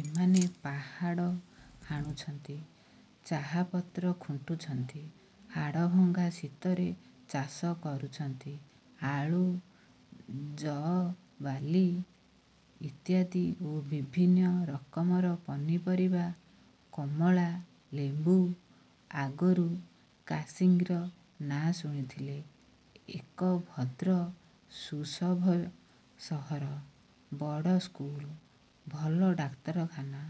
ଏମାନେ ପାହାଡ଼ ହାଣୁଛନ୍ତି–ଚାହାପତ୍ର ଖୁଣ୍ଟୁଛନ୍ତି-। ହାଡ଼ଭଙ୍ଗା ଶୀତରେ ଚାଷ କରୁଛନ୍ତି ଆଳୁ, ଯଅ, ବାର୍ଲି ଇତ୍ୟାଦି ଓ ବିଭିନ୍ନ ରକମର ପନିପରିବା–କମଳା, ଲେମ୍ୱୁ। ଆଗରୁ କାର୍ସିଙ୍ଗର ନାଁ ଶୁଣିଥିଲି–ଏକ ଭଦ୍ର ସୁସଭ୍ୟ ସହର। ବଡ଼ସ୍କୁଲ–ଭଲ ଡାକ୍ତରଖାନା,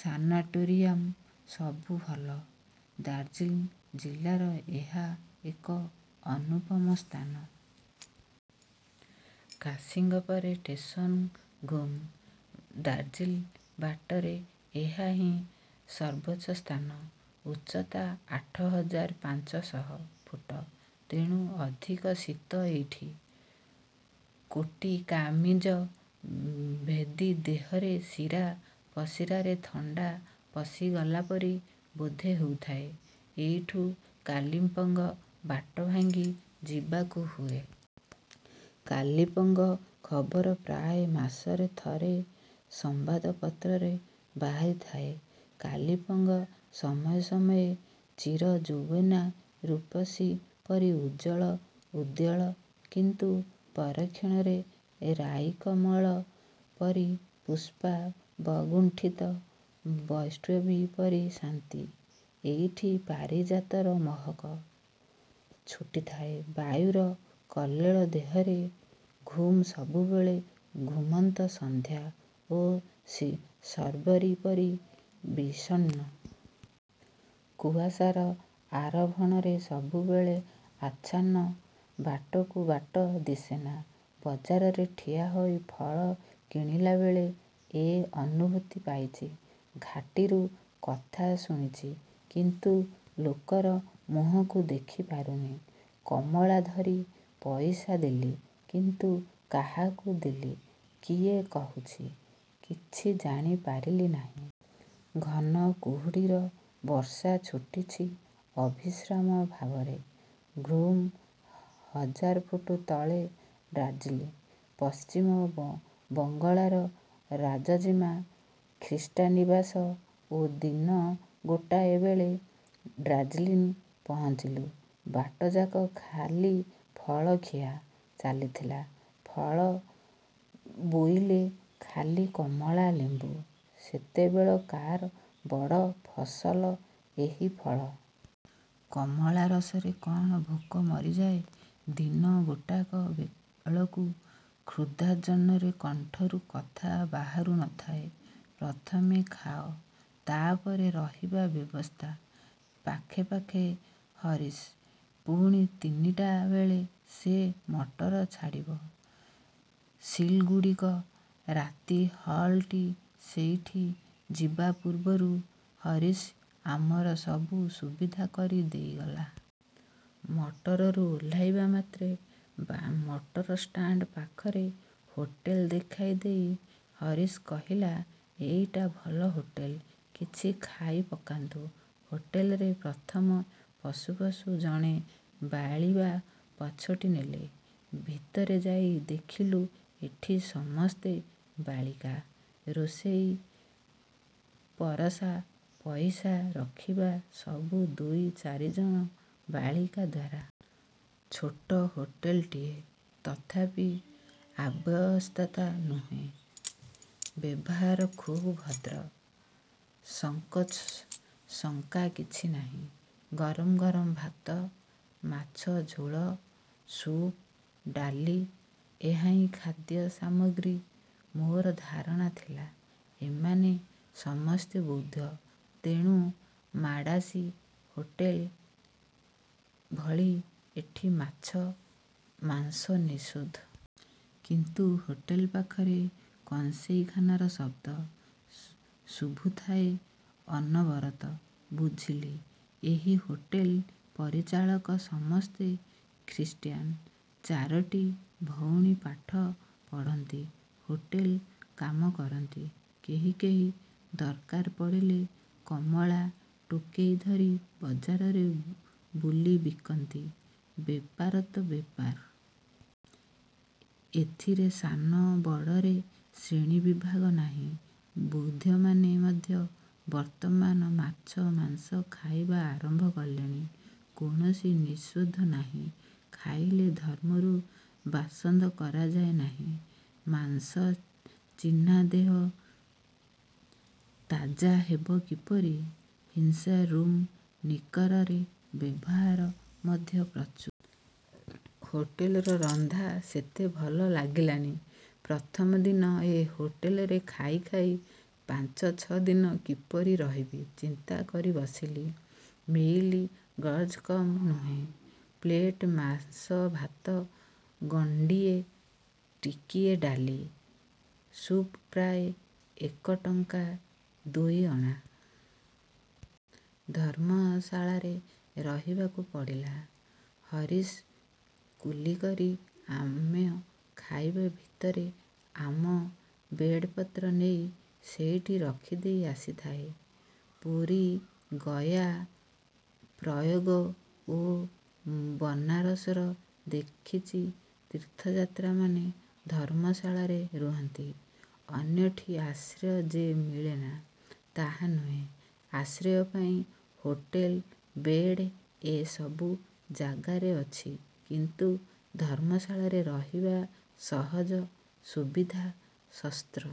ସାନାଟୋରିୟମ୍ ସବୁ ଭଲ। ଦାର୍ଜିଲଂ ଜିଲାରେ ଏହା ଏକ ଅନୁପମ ସ୍ଥାନ। କାର୍ସିଙ୍ଗ ପର ଷ୍ଟେସନ ଘୁମ୍। ଦାର୍ଜିଲିଂ ବାଟରେ ଏହା ହିଁ ସର୍ବୋଚ୍ଚ ସ୍ଥାନ। ଉଚ୍ଚତା ଆଠ ହଜାର ପାଞ୍ଚ ଶହ ଫୁଟ। ତେଣୁ ଅଧିକ ଶୀତ ଏଇଠି। କୋଟ କାମିଜ ଭେଦି ଦେହର ଶିରା ପ୍ରଶିରାରେ ଥଣ୍ଡା ପଶିଗଲା ପରି ବୋଧ ହେଉଥାଏ। ଏଇଠୁ କାଲିଂପଙ୍ଗ୍ ବାଟ ଭାଙ୍ଗି ଯିବାକୁ ହୁଏ-। କାଲିଂପଙ୍ଗ୍ ଖବର ପ୍ରାୟ ମାସକେ ଥର ସମ୍ୱାଦ ପତ୍ରରେ ବାହାରିଥାଏ। କାଲିଂପଙ୍ଗ୍ ସମୟେ ସମୟେ ଚିର ଯୌବନା ରୂପସୀ ପରି ଉଚ୍ଛଳ ଉଦ୍ବେଳ; କିନ୍ତୁ ପରକ୍ଷଣରେ ରାଇକମଳ ପରି ପୁଷ୍ପାବଗୁଣ୍ଠିତା ବୈଷ୍ଣବୀ ପରି ଶାନ୍ତି। ଏଇଠି ପାରିଜାତର ମହକ ଛୁଟିଥାଏ ବାୟୁର କଲ୍ଲୋଳ ଦେହରେ। ଘୁମ୍–ସବୁବେଳେ ଘୁମନ୍ତ ସନ୍ଧ୍ୟା ଓ ଶର୍ବରୀ ପରି ବିଷର୍ଣ୍ଣ! କୁଆଶାର ଆଭରଣରେ ସବୁବେଳେ ଆଚ୍ଛନ୍ନ। ବାଟକୁ ବାଟ ଦିଶେନା। ବଜାରରେ ଠିଆ ହୋଇ ଫଳ କିଣିଲାବେଳେ ଏ ଅନୁଭୂତ ପାଇଚି। ପାଟିରୁ କଥା ଶୁଣୁଚି କିନ୍ତୁ ଲୋକର ମୁହଁକୁ ଦେଖି ପାରୁନି। କମଳା ଧରି ପଇସା ଦେଲି। କିନ୍ତୁ କାହାକୁ ଦେଲି, କିଏ କହୁଚି, କିଛି ଜାଣି ପାରିଲି ନାହିଁ। ଘନ କୁହୁଡ଼ିର ବର୍ଷା ଛୁଟିଛି ଅବିଶ୍ରାମ ଭାବରେ। ଘୁମ୍ର ହଜାରେ ଫୁଟ ତଳେ ଦାର୍ଜିଲିଂ। ପଶ୍ଚିମ ବଙ୍ଗଳାର ରାଜଜେମା, ଗ୍ରୀଷ୍ମନିବାସ। ଦିନ ଗୋଟାଏ ବେଳେ ଦାର୍ଜିଲିଂରେ ପହଞ୍ଚିଲୁ। ବାଟଯାକ ଖାଲି ଫଳ ଖିଆ ଚାଲିଥିଲା। ଫଳ ବୋଇଲେ ଖାଲି କମଳା ଲେମ୍ୱୁ। ସେତେବେଳେକାର ବଡ଼ ଫସଲ ଏହି ଫଳ। କମଳା ରସରେ କଣ ଭୋକ ମରିଯାଏ? ଦିନ ଗୋଟାକ ବେଳକୁ କ୍ଷୁଧାଜର୍ଜର କଣ୍ଠରୁ କଥା ବାହାରୁ ନ ଥାଏ। ପ୍ରଥମେ ଖାଅ–ତା'ପରେ ରହିବା ବ୍ୟବସ୍ଥା। ପାଖେ ପାଖେ ହରିସିଂ। ପୁଣି ତିନିଟା ବେଳେ ସେ ମଟର ଛାଡ଼ିବ ସିଲଗୁଡ଼ିକୁ। ରାତି ହଲଟିଂ ସେଇଠି। ଯିବା ପୂର୍ବରୁ ହରିସିଂ ଆମର ସବୁ ସୁବିଧା କରି ଦେଇଗଲା। ମଟରରୁ ଓହ୍ଲେଇବା ମାତ୍ରେ ମଟର ଷ୍ଟାଣ୍ଡ ପାଖରେ ହୋଟେଲ ଦେଖାଇ ଦେଇ ହରିସିଂ କହିଲା–ଏଇଟା ଭଲ ହୋଟେଲ, କିଛି ଖାଇ ପକାନ୍ତୁ? ହୋଟେଲରେ ପ୍ରଥମେ ପଶୁ ପଶୁ ଜଣେ ବାଳିବା ପାଛୋଟି ନେଲେ। ଭିତରେ ଯାଇ ଦେଖିଲୁ ଏଠି ସମସ୍ତେ ବାଳିକା। ରୋଷେଇ, ପରଷା, ପଇସା ରଖିବା ସବୁ ଦୁଇ ଚାରିଜଣ ବାଳିକା ଦ୍ୱାରା। ଛୋଟ ହୋଟେଲଟିଏ। ତଥାପି ଅବ୍ୟବସ୍ଥା ନୁହେଁ। ବ୍ୟବହାର ଖୁବ୍ ଭଦ୍ର। ସଙ୍କୋଚ ଶଙ୍କା କିଛି ନାହିଁ। ଗରମ ଗରମ ଭାତ–ମାସଂ ଝୋଳ, ସୁପ୍, ଡ଼ାଲି ଏହାହିଁ ଖାଦ୍ୟ ସାମଗ୍ରୀ। ମୋର ଧାରଣା ଥିଲା ଏମାନେ ସମସ୍ତେ ବୌଦ୍ଧ; ତେଣୁ ମାଡ୍ରାସୀ ହୋଟେଲ ଭଳି ଏଟି ମାଛ, ମାଂସ ନିଷେଧ। କିନ୍ତୁ ହୋଟେଲ ପାଖରେ କଂସେଇ ଖାନାର ଶବ୍ଦ ଶୁଭୁଥାଏ ଅନବରତ। ବୁଝିଲି, ଏହି ହୋଟେଲ ପରିଚାଳିକା ସମସ୍ତେ ଖ୍ରୀଷ୍ଟାନ। ଚାରିଟି ଭଉଣୀ ପାଠ ପଢ଼ନ୍ତି, ହୋଟେଲ କାମ କରନ୍ତି, କେହି କେହି ଦରକାର ପଡ଼ିଲେ କମଳା ଟୋକେଇ ଧରି ବଜାରରେ ବୁଲି ବିକନ୍ତି। ବେପାର ତ ବେପାର। ଏଥିରେ ସାନ ବଡ଼ର ଶ୍ରେଣୀ ବିଭାଗ ନାହିଁ। ବୌଦ୍ଧମାନେ ମଧ୍ୟ ବର୍ତ୍ତମାନ ମାଛ ମାଂସ ଖାଇବା ଆରମ୍ଭ କଲେଣି। କୌଣସି ନିଷେଧ ନାହିଁ। ଖାଇଲେ ଧର୍ମରୁ ବାସନ୍ଦ କରାଯାଉ ନାହିଁ। ମାଂସ ଚିନା ଦେହ ତାଜା ହେବ କିପରି-? ହ୍ୱିସ୍କି, ରମ୍ ଲିକରର ବ୍ୟବହାର ମଧ୍ୟ ପ୍ରଚୁର। ହୋଟେଲର ରନ୍ଧା ସେତେ ଭଲ ଲାଗିଲାନି-। ପ୍ରଥମେ ଦିନ ଏ ହୋଟେଲରେ ଖାଇ ଖାଇ ପାଞ୍ଚ ଛ ଦିନ କପିରି ରହିବି ଚିନ୍ତା କରି ବସିଲି। ମିଲ ଗର୍ଜ କମ୍ ନୁହେଁ। ପ୍ଳେଟେ ମାଂସ, ଭାତ ଗଣ୍ଡିଏ, ଟିକିଏ ଡାଲି, ସୁପ୍କୁ ପ୍ରାୟ ଏକଟଙ୍କା ଦୁଇଅଣା-। ଧର୍ମଶାଳାରେ ରହିବାକୁ ପଡ଼ିଲା। ହରିସିଂ କୁଲି କରି ଆମ ଖାଇବେ ଭିତରେ ଆମ ବେଡ଼ିଂପତ୍ର ନେଇ ସେଇଠି ରଖିଦେଇ ଆସିଥାଏ। ପୁରୀ, ଗୟା, ପ୍ରୟୋଗ ଓ ବନାରସରେ ଦେଖିଚି ତୀର୍ଥଯାତ୍ରୀମାନେ ଧର୍ମଶାଳାରେ ରୁହନ୍ତି। ଅନ୍ୟଠି ଆଶ୍ରୟ ଯେ ମିଳେନା ତାହା ନୁହେଁ। ଆଶ୍ରୟ ପାଇଁ ହୋଟେଏ, ବୋର୍ଡଂ ଏ ସବୁ ଜାଗାରେ ଅଛି। କିନ୍ତୁ ଧର୍ମଶାଳାରେ ରହିବା ସହଜ, ସୁବିଧା, ଶସ୍ତ।